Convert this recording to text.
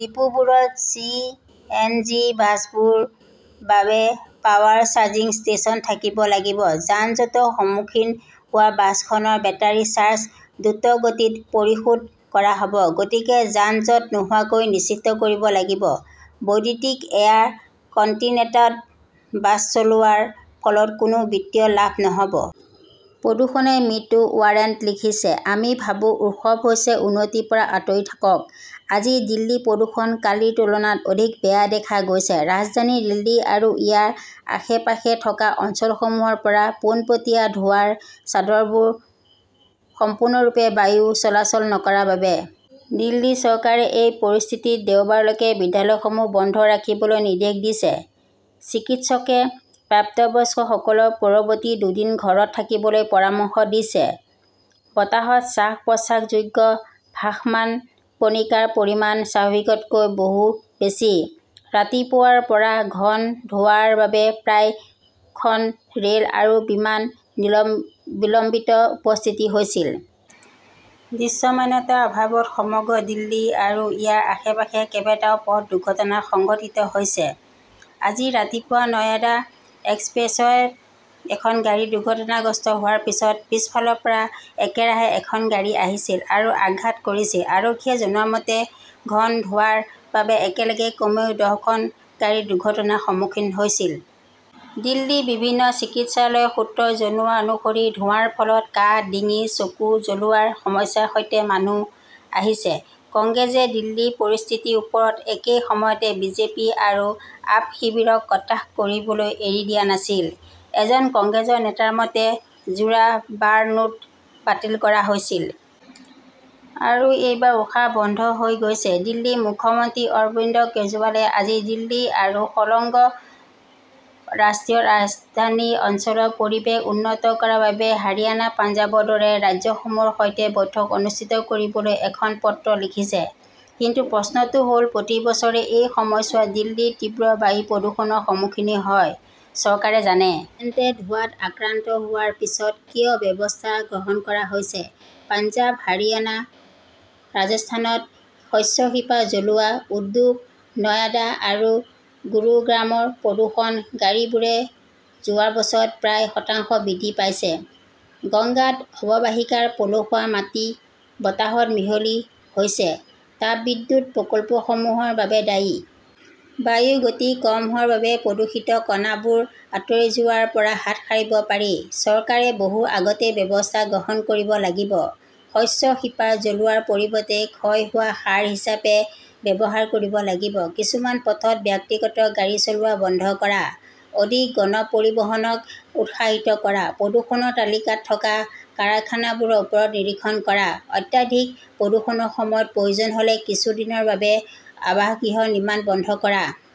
ডিপোবোৰত C. N. G. বাছবোৰ বাবে power charging station থাকিব লাগিব, যান-জঁটৰ সন্মুখীন হোৱা বাছখনৰ বেটাৰী চাৰ্জ দতগতিত পৰিশোধ কৰা হ'ব। গতিকে যান-জঁট নোহোৱাকৈ নিশ্চিত কৰিব লাগিব। বৈদ্যুতিক এয়াৰ-কণ্টিনেণ্টেড বাছ চলোৱাৰ ফলত কোনো বিত্তীয় লাভ নহব। প্ৰদূষণে মৃত্যু ৱাৰেণ্ট লিখিছে, আমি ভাবো উৎসৱ হৈছে উন্নতিৰ পৰা আঁতৰি থাকক, আজি দিল্লী প্ৰদূষণ কালি তুলনাত অধিক বেয়া দেখা গৈছে। ৰাজধানী দিল্লী আৰু ইয়াৰ আশে-পাশে থকা অঞ্চলসমূহৰ পৰা পোনপটীয়া ধোঁৱাৰ চাদৰবোৰ সম্পূৰ্ণৰূপে বায়ু চলাচল নকৰা বাবে। দিল্লী চৰকাৰে এই পৰিস্থিতিত দেওবাৰলৈকে বিদ্যালয়সমূহ বন্ধ ৰাখিবলৈ নিৰ্দেশ দিছে। চিকিৎসকে প্ৰাপ্তবয়স্কসকলক পৰৱৰ্তী দুদিন ঘৰত থাকিবলৈ পৰামৰ্শ দিছে। বতাহত শ্বাস-প্ৰশ্বাসযোগ্য ভাসমান কণিকাৰ পৰিমাণ স্বাভাৱিকতকৈ বহু বেছি । ৰাতিপুৱাৰ পৰাই ঘন ধোঁৱাৰ বাবে প্ৰায় খন ৰেল আৰু বিমান বিলম বিলম্বিত উপস্থিত হৈছিল। দৃশ্যমানতাৰ অভাৱত সমগ্ৰ দিল্লী আৰু ইয়াৰ আশে-পাশে কেইবাটাও পথ দুৰ্ঘটনা সংঘটিত হৈছে। আজি ৰাতিপুৱা নয়ডা এক্সপ্ৰেছৱেত এখন গাড়ী দুৰ্ঘটনাগ্ৰস্ত হোৱাৰ পিছত পিছফালৰ পৰা একেৰাহে এখন গাড়ী আহিছিল আৰু আঘাত কৰিছে। আৰক্ষীয়ে জনোৱা মতে, ঘন ধোঁৱাৰ বাবে একেলগে কমেও দহখন গাড়ী দুৰ্ঘটনা সন্মুখীন হৈছিল। দিল্লী বিভিন্ন চিকিৎসালয়ৰ সূত্ৰই জনোৱা অনুসৰি ধোঁৱাৰ ফলত কাহ, ডিঙি, চকু জ্বলোৱাৰ সমস্যাৰ সৈতে মানুহ আহিছে। কংগ্ৰেছে দিল্লীৰ পৰিস্থিতিৰ ওপৰত একে সময়তে বিজেপি আৰু আপ শিবিৰক কটাক্ষ কৰিবলৈ এৰি দিয়া নাছিল। এজন কংগ্ৰেছ নেতাৰ মতে, যোৰা বাৰ নোট বাতিল কৰা হৈছিল। আৰু এইবাৰ উশাহ বন্ধ হৈ গৈছে। দিল্লী মুখ্যমন্ত্ৰী অৰবিন্দ কেজৰিৱালে আজি দিল্লী আৰু সংলগ্ন ৰাষ্ট্ৰীয় ৰাজধানী অঞ্চলৰ পৰিৱেশ উন্নত কৰাৰ বাবে হাৰিয়ানা-পঞ্জাৱৰ দৰে ৰাজ্যসমূহৰ সৈতে বৈঠক অনুষ্ঠিত কৰিবলৈ এখন পত্ৰ লিখিছে। কিন্তু প্ৰশ্নটো হ 'ল, প্ৰতি বছৰে এই সময়ছোৱাত দিল্লী তীব্ৰ বায়ু প্ৰদূষণৰ সন্মুখীন হয়, চৰকাৰে জানে। তেন্তে ধোঁৱাত আক্ৰান্ত হোৱাৰ পিছত কিয় ব্যৱস্থা গ্ৰহণ কৰা হৈছে? পঞ্জাৱ, হাৰিয়ানা, ৰাজস্থানত শস্যৰ শিপা জ্বলোৱা; উদ্যোগ, নয়ডা আৰু গুৰুগ্ৰামৰ প্ৰদূষণ, গাড়ীবোৰে যোৱা বছৰত প্ৰায় শতাংশ বৃদ্ধি পাইছে। গংগাত অৱবাহিকাৰ পলসুৱা মাটি বতাহত মিহলি হৈছে, তাপবিদ্যুৎ প্ৰকল্পসমূহৰ বাবে দায়ী। বায়ুৰ গতি কম হোৱাৰ বাবে প্ৰদূষিত কণাবোৰ আঁতৰি যোৱাৰ পৰা হাত সাৰিব পাৰি। চৰকাৰে বহু আগতেই ব্যৱস্থা গ্ৰহণ কৰিব লাগিব। শস্যৰ শিপা জ্বলোৱাৰ পৰিৱৰ্তে ক্ষয় হোৱা সাৰ হিচাপে ব্যৱহাৰ কৰিব লাগিব। কিছুমান পথত ব্যক্তিগত গাড়ী চলোৱা বন্ধ কৰা; অধিক গণ পৰিবহণক উৎসাহিত কৰা; প্ৰদূষণৰ তালিকাত থকা কাৰখানাবোৰৰ ওপৰত নিৰীক্ষণ কৰা; অত্যাধিক প্ৰদূষণৰ সময়ত প্ৰয়োজন হ'লে কিছু দিনৰ বাবে আৱাসগৃহ নিৰ্মাণ বন্ধ কৰা।